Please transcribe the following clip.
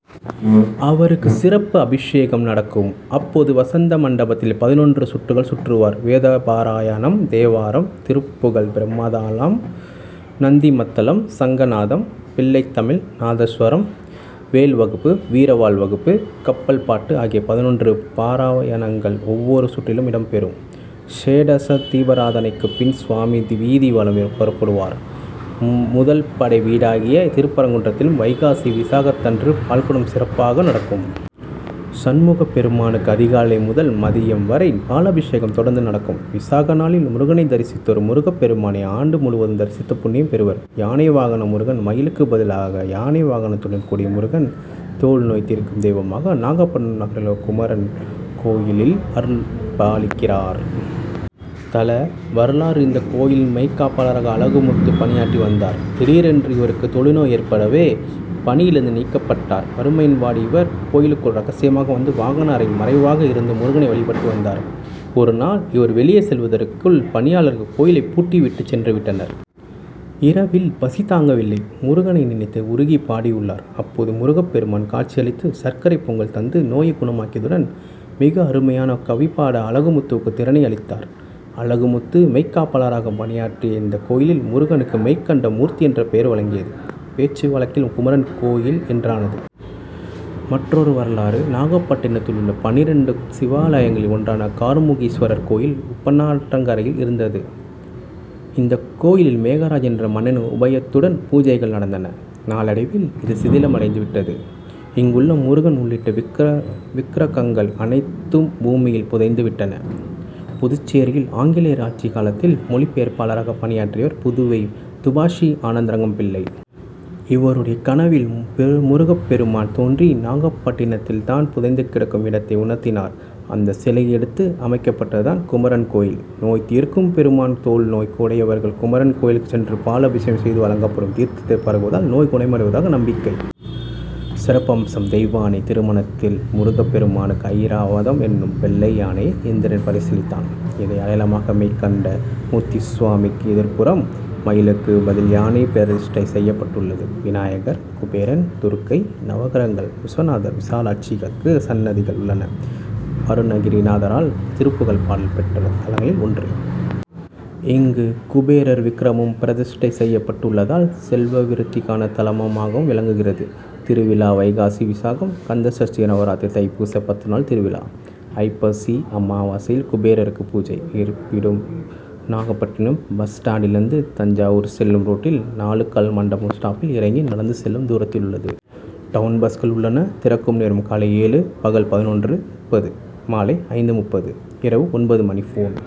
அவருக்கு சிறப்பு அபிஷேகம் நடக்கும். அப்போது வசந்தமண்டபத்தில் பதினொன்று சுற்றுகள் சுற்றுவார். வேதபாராயணம், தேவாரம், திருப்புகழ், பிரம்மதாளம், நந்திமத்தளம், சங்கநாதம், பிள்ளைத்தமிழ், நாதஸ்வரம், வேல்வகுப்பு, வீரவாள் வகுப்பு, கப்பல்பாட்டு ஆகிய பதினொன்று பாராயணங்கள் ஒவ்வொரு சுற்றிலும் இடம்பெறும். க்ஷோடச தீபராதனைக்குப்பின், சுவாமி வீதிவலம் புறப்படுவார். முதல்படைவீடாகிய திருப்பரங்குன்றத்திலும் வைகாசி விசாகத்தன்று பால்குடம் சிறப்பாக நடக்கும். சண்முகப்பெருமானுக்கு அதிகாலை முதல் மதியம் வரை பாலபிஷேகம் தொடர்ந்து நடக்கும். விசாகநாளில் முருகனைத் தரிசித்தோர் முருகப்பெருமானை ஆண்டு முழுவதும் தரிசித்த புண்ணியம் பெறுவர். யானை வாகன முருகன் மயிலுக்குப் பதிலாக யானை வாகனத்துடன் கூடிய முருகன், தோல் நோய் தீர்க்கும் தெய்வமாக நாகப்பட்டினம் நகரிலுள்ள குமரன் கோயிலில் அருள்பாலிக்கிறார். தல வரலாறு இந்தக் கோயிலில் மெய்க்காப்பாளராக அழகுமுத்து பணியாற்றி வந்தார். திடீரென்று இவருக்கு தொழுநோய் ஏற்படவே, பணியிலிருந்து நீக்கப் பட்டார். வறுமையில் வாடிய இவர், கோயிலுக்குள் ரகசியமாக வந்து, வாகன அறையில் மறைவாக இருந்து முருகனை வழிபட்டு வந்தார். ஒருநாள், இவர் வெளியே செல்வதற்குள், பணியாளர்கள் கோயிலை பூட்டிவிட்டு சென்றுவிட்டனர். இரவில் பசி தாங்கவில்லை. முருகனை நினைத்து உருகி பாடியுள்ளார். அப்போது முருகப்பெருமான் காட்சி அளித்து சர்க்கரை பொங்கல் தந்து, நோயைக் குணமாக்கியதுடன், மிக அருமையாக கவிபாட அழகுமுத்துவுக்கு திறனை அளித்தார். அழகுமுத்து மெய்க்காப்பாளராக பணியாற்றிய இந்தக் கோயிலில், முருகனுக்கு மெய்கண்டமூர்த்தி என்ற பெயர் விளங்கியது. பேச்சு வழக்கில் குமரன் கோயில் என்றானது. மற்றொரு வரலாறு நாகப்பட்டினத்திலுள்ள பன்னிரண்டு சிவாலயங்களில் ஒன்றான கார்முகீஸ்வரர் கோயில் உப்பனாற்றங்கரையில் இருந்தது. இந்த கோயிலில் மேகராஜன் என்ற மன்னனின் உபயத்துடன் பூஜைகள் நடந்தன. நாளடைவில் இது சிதிலமடைந்து விட்டது. இங்குள்ள முருகன் உள்ளிட்ட விக்ரகங்கள் அனைத்தும் பூமியில் புதைந்து விட்டன. புதுச்சேரியில் ஆங்கிலேயர் ஆட்சி காலத்தில் மொழி பெயர்ப்பாளராக பணியாற்றியவர் புதுவை துபாஷி ஆனந்தரங்கம்பிள்ளை. இவருடைய கனவில் முருகப்பெருமான் தோன்றி, நாகப்பட்டினத்ததில், தான் புதைந்து கிடக்கும் இடத்தை உணர்த்தினார். அந்த சிலையை எடுத்து அமைக்கப்பட்டது தான் குமரன் கோயில். நோய் தீர்க்கும் பெருமான் தோல்நோய் உடையவர்கள் குமரன் கோயிலுக்கு சென்று பால் அபிஷேகம் செய்து வழங்கப்படும் தீர்த்தத்தை பருகுவதால் நோய் குணமடைவதாக நம்பிக்கை. சிறப்பம்சம் தெய்வானை திருமணத்தில் முருகப் பெருமானுக்கு ஐராவதம் என்னும் வெள்ளை யானையை இந்திரன் பரிசளித் தான், இதை அடையாளமாக மெய்கண்ட மூர்த்தி சுவாமிக்கு எதிர்ப்புறம், மயிலுக்கு பதில் யானை பிரதிஷ்டை செய்யப் பட்டுள்ளது. விநாயகர், குபேரன், துர்க்கை, நவக்கிரகங்கள், விஸ்வநாதர், விசாலாட்சிக்கு சன்னதிகள் உள்ளன. அருணகிரிநாதரால் திருப்புகழ் பாடல் பெற்ற தலங்களில் ஒன்று. இங்கு குபேரர் விக்ரகமும் பிரதிஷ்டை செய்யப் பட்டு உள்ளதால் செல்வவிருத்திக்கான தலமாகவும் விளங்குகிறது. திருவிழா வைகாசி விசாகம், கந்தசஷ்டி, நவராத்திரி, தைப்பூச பத்து நாள் திருவிழா, ஐப்பசி அமாவாசையில் குபேரருக்கு பூஜை. இருப்பிடம் நாகப்பட்டினம் பஸ் ஸ்டாண்டிலிருந்து தஞ்சாவூர் செல்லும் ரோட்டில் நாலுகால் மண்டபம் ஸ்டாப்பில் இறங்கி நடந்து செல்லும் தூரத்திலுள்ளது. டவுன் பஸ்கள் உள்ளன. திறக்கும் நேரம் காலை ஏழு- பகல் பதினொன்று.முப்பது, மாலை ஐந்து.முப்பது- இரவு ஒன்பது மணி. போன்,